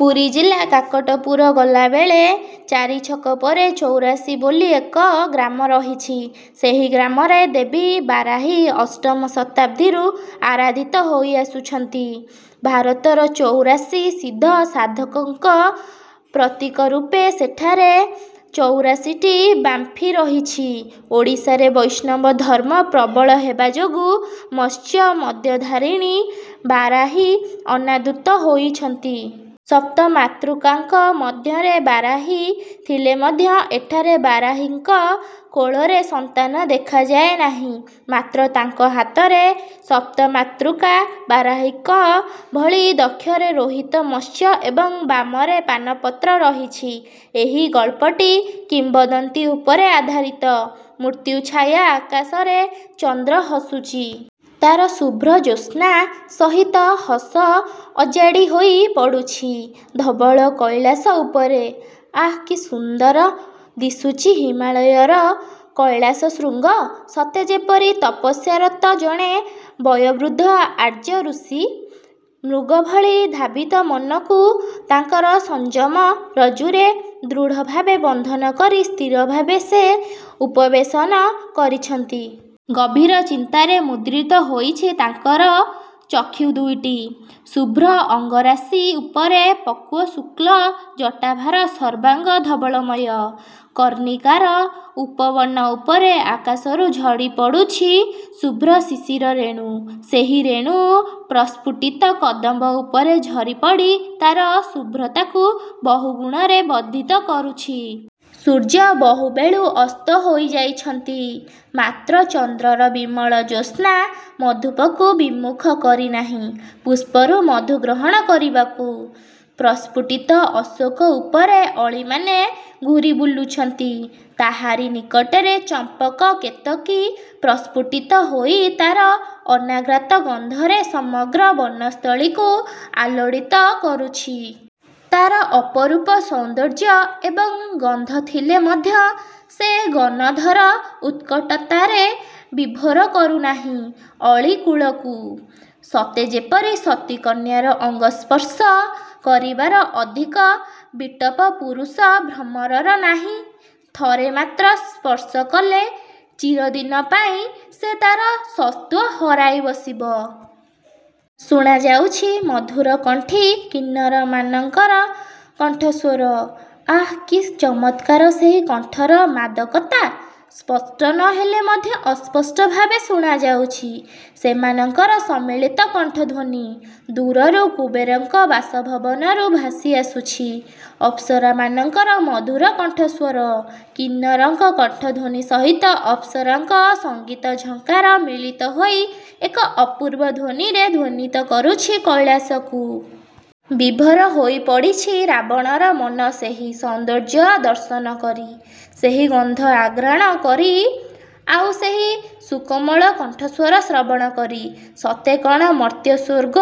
ପୁରୀ ଜିଲ୍ଲା କାକଟକପୁର ଗଲାବେଳେ ଚାରିଛକ ପରେ ଚୌରାଶି ବୋଲି ଏକ ଗ୍ରାମ ରହିଛି। ସେହି ଗ୍ରାମରେ ଦେବୀ ବାରାହୀ ଅଷ୍ଟମ ଶତାବ୍ଦୀରୁ ଆରାଧିତ ହୋଇଆସୁଛନ୍ତି। ଭାରତର ଚଉରାଶି ସିଦ୍ଧ ସାଧକଙ୍କ ପ୍ରତୀକରୂପେ ସେଠାରେ ଚଉରାଶିଟି ବାମ୍ଫି ରହିଛି। ଓଡ଼ିଶାରେ ବୈଷ୍ଣବ ଧର୍ମ ପ୍ରବଳ ହେବା ଯୋଗୁ ମତ୍ସ୍ୟ, ମଦ୍ୟ ଧାରିଣୀ ବାରାହୀ ଅନାଦୃତ ହୋଇଛନ୍ତି। ସପ୍ତମାତୃକାଙ୍କ ମଧ୍ୟରେ ବାରାହୀ ଥିଲେ ମଧ୍ୟ ଏଠାରେ ବାରାହୀଙ୍କ କୋଳରେ ସନ୍ତାନ ଦେଖାଯାଏ ନାହିଁ। ମାତ୍ର ତାଙ୍କ ହାତରେ ସପ୍ତମାତୃକା ବାରାହୀଙ୍କ ଭଳି ଦକ୍ଷରେ ରୋହିତ ମତ୍ସ୍ୟ ଏବଂ ବାମରେ ପାନପତ୍ର ରହିଛି। ଏହି ଗଳ୍ପଟି କିମ୍ୱଦନ୍ତୀ ଉପରେ ଆଧାରିତ। ମୃତ୍ୟୁଛାୟା ଆକାଶରେ ଚନ୍ଦ୍ର ହସୁଛି। ତାର ଶୁଭ୍ର ଜ୍ୟୋତ୍ସ୍ନା ସହିତ ହସ ଅଜାଡ଼ି ହୋଇ ପଡ଼ୁଛି ଧବଳ କୈଳାସ ଉପରେ। ଆଃ କି ସୁନ୍ଦର ଦିଶୁଛି ହିମାଳୟର କୈଳାସ ଶୃଙ୍ଗ। ସତେ ଯେପରି ତପସ୍ୟାରତ ଜଣେ ବୟୋବୃଦ୍ଧ ଆର୍ଯ୍ୟ ଋଷି। ମୃଗଭଳି ଧାବିତ ମନକୁ ତାଙ୍କର ସଂଯମ ରଜ୍ଜୁରେ ଦୃଢ଼ଭାବେ ବନ୍ଧନ କରି ସ୍ଥିରଭାବେ ସେ ଉପବେଶନ କରିଛନ୍ତି। ଗଭୀର ଚିନ୍ତାରେ ମୁଦ୍ରିତ ହୋଇଛି ତାଙ୍କର ଚକ୍ଷୁ ଦୁଇଟି। ଶୁଭ୍ର ଅଙ୍ଗରାଶି ଉପରେ ପକ୍ୱ ଶୁକ୍ଳ ଜଟାଭାର ସର୍ବାଙ୍ଗ ଧବଳମୟ। କର୍ଣ୍ଣିକାର ଉପବନ ଉପରେ ଆକାଶରୁ ଝରିପଡ଼ୁଛି ଶୁଭ୍ର ଶିଶିର ରେଣୁ। ସେହି ରେଣୁ ପ୍ରସ୍ଫୁଟିତ କଦମ୍ୱ ଉପରେ ଝରି ପଡ଼ି ତାର ଶୁଭ୍ରତାକୁ ବହୁଗୁଣରେ ବର୍ଦ୍ଧିତ କରୁଛି। ସୂର୍ଯ୍ୟ ବହୁବେଳୁ ଅସ୍ତ ହୋଇଯାଇଛନ୍ତି। ମାତ୍ର ଚନ୍ଦ୍ରର ବିମଳ ଜ୍ୟୋତ୍ସ୍ନା ମଧୁପକୁ ବିମୁଖ କରି ନାହିଁ ପୁଷ୍ପରୁ ମଧୁ ଗ୍ରହଣ କରିବାକୁ। ପ୍ରସ୍ଫୁଟିତ ଅଶୋକ ଉପରେ ଅଳିମାନେ ଘୂରି ବୁଲୁଛନ୍ତି। ତାହାରି ନିକଟରେ ଚମ୍ପକ, କେତକି ପ୍ରସ୍ଫୁଟିତ ହୋଇ ତାର ଅନାଘ୍ରାତ ଗନ୍ଧରେ ସମଗ୍ର ବନସ୍ଥଳୀକୁ ଆଲୋଡ଼ିତ କରୁଛି। ତାର ଅପରୂପ ସୌନ୍ଦର୍ଯ୍ୟ ଏବଂ ଗନ୍ଧ ଥିଲେ ମଧ୍ୟ, ସେଗନଧର ଉତ୍କଟତାରେ ବିଭୋର କରୁନାହିଁ ଅଳି କୂଳକୁ। ସତେ ଯେପରି ସତୀକନ୍ୟାର ଅଙ୍ଗ ସ୍ପର୍ଶ କରିବାର ଅଧିକ ବିଟପ ପୁରୁଷ ଭ୍ରମରର ନାହିଁ। ଥରେ ମାତ୍ର ସ୍ପର୍ଶ କଲେ ଚିରଦିନ ପାଇଁ ସେ ତାର ସତ୍ତ୍ୱ ହରାଇ ବସିବ। ଶୁଣା ଯାଉଛି ମଧୁର କଣ୍ଠୀ କିନ୍ନରମାନଙ୍କର କଣ୍ଠସ୍ୱର। ଆଃ, କି ଚମତ୍କାର ସେହି କଣ୍ଠର ମାଦକତା। ସ୍ପଷ୍ଟ ନ ହେଲେ ମଧ୍ୟ ଅସ୍ପଷ୍ଟଭାବେ ଶୁଣା ଯାଉଛି ସେମାନଙ୍କର ସମ୍ମିଳିତ କଣ୍ଠଧ୍ୱନି। ଦୂରରୁ କୁବେରଙ୍କ ବାସଭବନରୁ ଭାସି ଆସୁଛି ଅପ୍ସରାମାନଙ୍କର ମଧୁର କଣ୍ଠସ୍ୱର। କିନ୍ନରଙ୍କ କଣ୍ଠଧ୍ୱନି ସହିତ ଅପ୍ସରାଙ୍କ ସଂଙ୍ଗୀତ ଝଙ୍କାର ମିଳିତ ହୋଇ ଏକ ଅପୂର୍ବ ଧ୍ୱନିରେ ଧ୍ୱନିତ କରୁଛି କୈଳାସକୁ। ବିଭୋର ହୋଇ ପଡ଼ିଛି ରାବଣର ମନ ସେହି ସୌନ୍ଦର୍ଯ୍ୟ ଦର୍ଶନ କରି—ସେହି ଗନ୍ଧ ଆଘ୍ରାଣ କରି, ଆଉ ସେହି ସୁକୋମଳ କଣ୍ଠ ସ୍ୱର ଶ୍ରବଣ କରି। ସତେ କଣ ମର୍ତ୍ତ୍ୟସ୍ୱର୍ଗ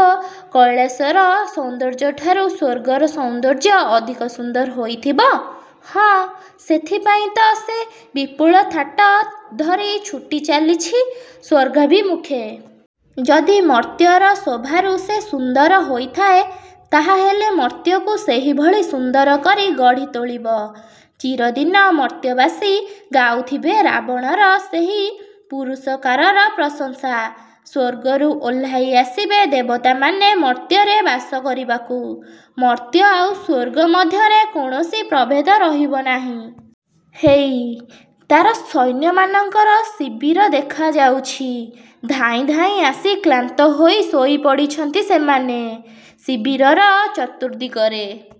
କୈଳାସର ସୌନ୍ଦର୍ଯ୍ୟଠାରୁ ସ୍ୱର୍ଗର ସୌନ୍ଦର୍ଯ୍ୟ ଅଧିକ ସୁନ୍ଦର ହୋଇଥିବ? ହଁ— ସେଥିପାଇଁ ତ ସେ ବିପୁଳ ଥାଟ ଧରି ଛୁଟି ଚାଲିଛି ସ୍ୱର୍ଗାଭିମୁଖେ। ଯଦି ମର୍ତ୍ତ୍ୟର ଶୋଭାରୁ ସେ ସୁନ୍ଦର ହୋଇଥାଏ ତାହା ହେଲେ ମର୍ତ୍ତ୍ୟକୁ ସେହିଭଳି ସୁନ୍ଦର କରି ଗଢ଼ି ତୋଳିବ। ଚିରଦିନ ମର୍ତ୍ତ୍ୟବାସୀ ଗାଉଥିବେ ରାବଣର ସେହି ପୁରୁଷକାରର ପ୍ରଶଂସା। ସ୍ୱର୍ଗରୁ ଓହ୍ଲାଇ ଆସିବେ ଦେବତାମାନେ ମର୍ତ୍ତ୍ୟରେ ବାସ କରିବାକୁ। ମର୍ତ୍ତ୍ୟ ଆଉ ସ୍ୱର୍ଗ ମଧ୍ୟରେ କୌଣସି ପ୍ରଭେଦ ରହିବ ନାହିଁ। ହେଇ, ତାର ସୈନ୍ୟମାନଙ୍କର ଶିବିର ଦେଖାଯାଉଛି। ଧାଇଁ ଧାଇଁ ଆସି କ୍ଳାନ୍ତ ହୋଇ ଶୋଇ ପଡ଼ିଛନ୍ତି ସେମାନେ। ଶିବିରର ଚତୁର୍ଦ୍ଦିଗରେ